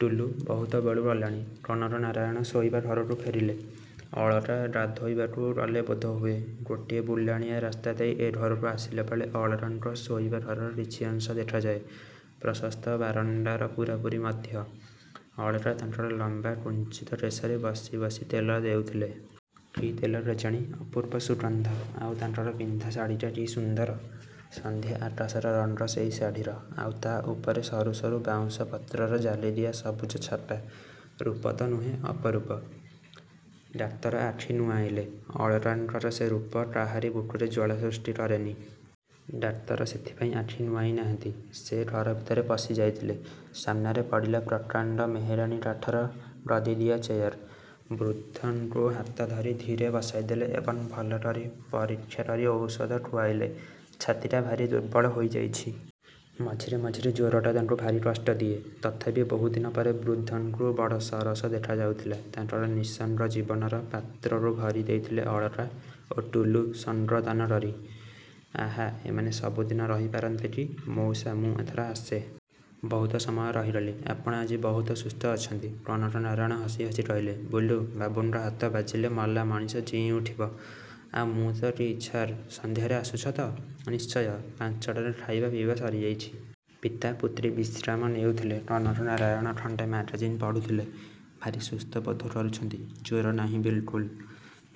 ଟୁଲୁ ବହୁତ ବେଳୁ ଗଲାଣି। କନକ ନାରାୟଣ ଶୋଇବା ଘରକୁ ଫେରିଲେ। ଅଳକା ଗାଧୋଇବାକୁ ଗଲେ ବୋଧହୁଏ। ଗୋଟିଏ ବୁଲାଣିଆ ରାସ୍ତାଦେଇ ଏ ଘରକୁ ଆସିଲାବେଳେ ଅଳକାଙ୍କ ଶୋଇବା ଘରର କିଛି ଅଂଶ ଦେଖାଯାଏ। ପ୍ରଶସ୍ତ ବାରଣ୍ଡାର ପୂରାପୂରି ମଧ୍ୟ। ଅଳକା ତାଙ୍କର ଲମ୍ବା କୁଞ୍ଚିତ କେଶରେ ବସି ବସି ତେଲ ଦେଉଥିଲେ। କି ତେଲ କେଜାଣି, ଅପୂର୍ବ ସୁଗନ୍ଧ। ଆଉ ତାଙ୍କର ପିନ୍ଧା ଶାଢ଼ିଟା କି ସୁନ୍ଦର! ସନ୍ଧ୍ୟା ଆକାଶର ରଙ୍ଗ ସେଇ ଶାଢ଼ିର। ଆଉ ତା' ଉପରେ ସରୁସରୁ ବାଉଁଶ ପତ୍ରର ଜାଲିଦିଆ ସବୁଜ ଛାପା। ରୂପ ତ ନୁହେଁ ଅପରୂପ। ଡାକ୍ତର ଆଖି ନୁଆଁଇଲେ। ଅଳକାଙ୍କର ସେ ରୂପ କାହାରି ବୁକୁରେ ଜ୍ୱାଳା ସୃଷ୍ଟି କରେନି। ଡାକ୍ତର ସେଥିପାଇଁ ଆଖି ନୁଆଁଇ ନାହାନ୍ତି। ସେ ଘର ଭିତରେ ପଶି ଯାଇଥିଲେ। ସାମ୍ନାରେ ପଡ଼ିଲା ପ୍ରକାଣ୍ଡ ମେହେଗାନି କାଠର ଗଦିଦିଆ ଚେୟାର। ବୃଦ୍ଧଙ୍କୁ ହାତ ଧରି ଧୀରେ ବସାଇଦେଲେ ଏବଂ ଭଲ କରି ପରୀକ୍ଷା କରି ଔଷଧ ଖୁଆଇଲେ। ଛାତିଟା ଭାରି ଦୁର୍ବଳ ହୋଇଯାଇଛି। ମଝିରେ ମଝିରେ ଜ୍ୱରଟା ତାଙ୍କୁ ଭାରି କଷ୍ଟ ଦିଏ। ତଥାପି ବହୁଦିନ ପରେ ବୃଦ୍ଧଙ୍କୁ ବଡ଼ ସରସ ଦେଖାଯାଉଥିଲା। ତାଙ୍କର ନିଃସଙ୍ଗ ଜୀବନର ପାତ୍ରକୁ ଭରି ଦେଇଥିଲେ ଅଳକା ଓ ଟୁଲୁ ସଙ୍ଗ ଦାନ କରି। ଆହା ଏମାନେ ସବୁଦିନ ରହିପାରନ୍ତେକି! ମଉସା ମୁଁ ଏଥର ଆସେ। ବହୁତ ସମୟ ରହିଗଲି। ଆପଣ ଆଜି ବହୁତ ସୁସ୍ଥ ଅଛନ୍ତି। କନକ ନାରାୟଣ ହସି ହସି କହିଲେ, ବୁଲୁ ବାବୁଙ୍କ ହାତ ବାଜିଲେ ମଲା ମଣିଷ ଜିଇଁଉଠିବ। ଆଉ ମୁଁ ତ କି ଛାର୍। ସଂଧ୍ୟାରେ ଆସୁଛ ତ? ନିଶ୍ଚୟ। ପାଞ୍ଚ ଟାରେ ଖାଇବା ପିଇବା ସରିଯାଇଛି। ପିତା ପୁତ୍ରୀ ବିଶ୍ରାମ ନେଉଥିଲେ। କନକ ନାରାୟଣ ଖଣ୍ଡେ ମାଗାଜିନ୍ ପଢ଼ୁଥିଲେ। ଭାରି ସୁସ୍ଥ ବୋଧ କରୁଛନ୍ତି। ଜ୍ୱର ନାହିଁ ବିଲକୁଲ୍।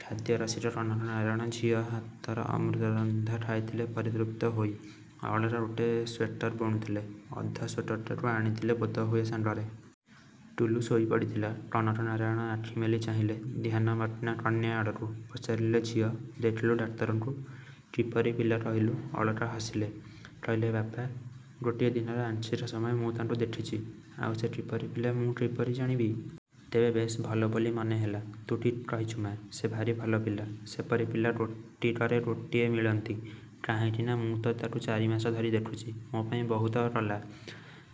ଖାଦ୍ୟରସିକ କନକ ନାରାୟଣ ଝିଅ ହାତର ଅମୃତରନ୍ଧା ଖାଇଥିଲେ ପରିତୃପ୍ତ ହୋଇ। ଅଳୁ ର ଗୋଟେ ସ୍ୱେଟର ବୁଣୁଥିଲେ। ଅଧା ସ୍ୱେଟରଟାକୁ ଆଣିଥିଲେ ବୋଧହୁଏ ସାଙ୍ଗରେ। ଟୁଲୁ ଶୋଇପଡ଼ିଥିଲା। କନକ ନାରାୟଣ ଆଖିମେଲି ଚାହିଁଲେ ଧ୍ୟାନମଗ୍ନା କନ୍ୟା ଆଡ଼କୁ। ପଚାରିଲେ ଝିଅ, ଦେଖିଲୁ ଡାକ୍ତରଙ୍କୁ। କିପରି ପିଲା କହିଲୁ? ଅଳକା ହସିଲେ। କହିଲେ ବାପା ଗୋଟିଏ ଦିନର ଆଂଶିକ ସମୟ ମୁଁ ତାଙ୍କୁ ଦେଖିଛି। ଆଉ ସେ କିପରି ପିଲା ମୁଁ କିପରି ଜାଣିବି? ତେବେ ବେଶ୍ ଭଲ ବୋଲି ମନେହେଲା। ତୁ ଠିକ୍ କହିଛୁ ମା'। ସେ ଭାରି ଭଲ ପିଲା। ସେପରି ପିଲା କୋଟିକରେ ଗୋଟିଏ ମିଳନ୍ତି। କାହିଁକି ନା, ମୁଁ ତ ତାକୁ ଚାରିମାସ ଧରି ଦେଖୁଛି। ମୋ ପାଇଁ ବହୁତ କଲା।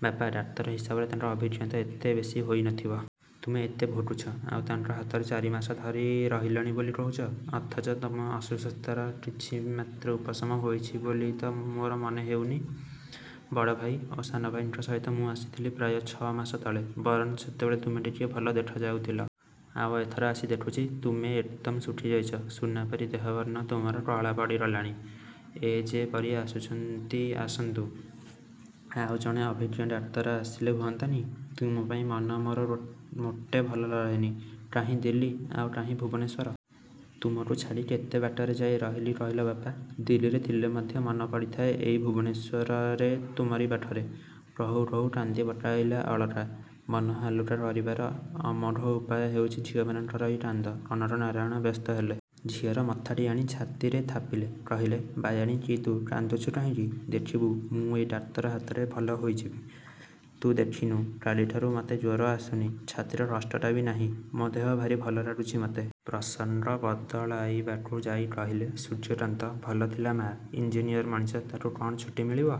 ବାପା ଡାକ୍ତର ହିସାବରେ ତାଙ୍କ ଅଭିଜ୍ଞତା ଏତେ ବେଶି ହୋଇନଥିବ। ତୁମେ ଏତେ ଭୋଗୁଛ, ଆଉ ତାଙ୍କ ହାତରେ ଚାରିମାସ ଧରି ରହିଲାଣି ବୋଲି କହୁଛ, ଅଥଚ ତୁମ ଅସୁସ୍ଥତାର କିଛି ମାତ୍ର ଉପଶମ ହୋଇଛି ବୋଲି ତ ମୋର ମନେହେଉନି। ବଡ଼ଭାଇ ଓ ସାନଭାଇଙ୍କ ସହିତ ମୁଁ ଆସିଥିଲି ପ୍ରାୟ ଛଅମାସ ତଳେ। ବରଂ ସେତେବେଳେ ତୁମେ ଟିକିଏ ଭଲ ଦେଖାଯାଉଥିଲ। ଆଉ ଏଥର ଆସି ଦେଖୁଛି ତୁମେ ଏକଦମ ଶୁଖିଯାଇଛ। ସୁନାପରି ଦେହବର୍ଣ୍ଣ ତୁମର କଳାପଡ଼ି ଗଲାଣି। ଏ ଯେ ପରି ଆସୁଛନ୍ତି ଆସନ୍ତୁ। ଆଉ ଜଣେ ଅଭିଜ୍ଞ ଡାକ୍ତର ଆସିଲେ ହୁଅନ୍ତାନି? ତୁମ ପାଇଁ ମନ ମୋର ମୋଟେ ଭଲ ରହେନି। କାହିଁ ଦିଲ୍ଲୀ, ଆଉ କାହିଁ ଭୁବନେଶ୍ୱର। ତୁମକୁ ଛାଡ଼ି କେତେ ବାଟରେ ଯାଇ ରହିଲି କହିଲ ବାପା। ଦିଲ୍ଲୀରେ ଥିଲେ ମଧ୍ୟ ମନ ପଡ଼ିଥାଏ ଏଇ ଭୁବନେଶ୍ୱରରେ, ତୁମରି ପାଖରେ। କହୁ କହୁ କାନ୍ଦି ପକାଇଲା ଅଳକା। ମନ ହାଲୁକା କରିବାର ଅମୋଘ ଉପାୟ ହେଉଛି ଝିଅମାନଙ୍କର ଏଇ କାନ୍ଦ। କନକ ନାରାୟଣ ବ୍ୟସ୍ତ ହେଲେ। ଝିଅର ମଥାଟି ଆଣି ଛାତିରେ ଥାପିଲେ। କହିଲେ ବାୟାଣୀ କି ତୁ। କାନ୍ଦୁଛୁ କାହିଁକି? ଦେଖିବୁ ମୁଁ ଏଇ ଡାକ୍ତର ହାତରେ ଭଲ ହୋଇଯିବି। ତୁ ଦେଖିନୁ କାଲିଠାରୁ ମୋତେ ଜ୍ୱର ଆସୁନି, ଛାତିର କଷ୍ଟଟା ବି ନାହିଁ, ମୋ ଦେହ ଭାରି ଭଲ ଲାଗୁଛି ମୋତେ। ପ୍ରସଙ୍ଗ ବଦଳାଇବାକୁ ଯାଇ କହିଲେ ସୂର୍ଯ୍ୟକାନ୍ତ ଭଲ ଥିଲା ମା? ଇଞ୍ଜିନିୟର ମଣିଷ, ତାକୁ କ'ଣ ଛୁଟି ମିଳିବ।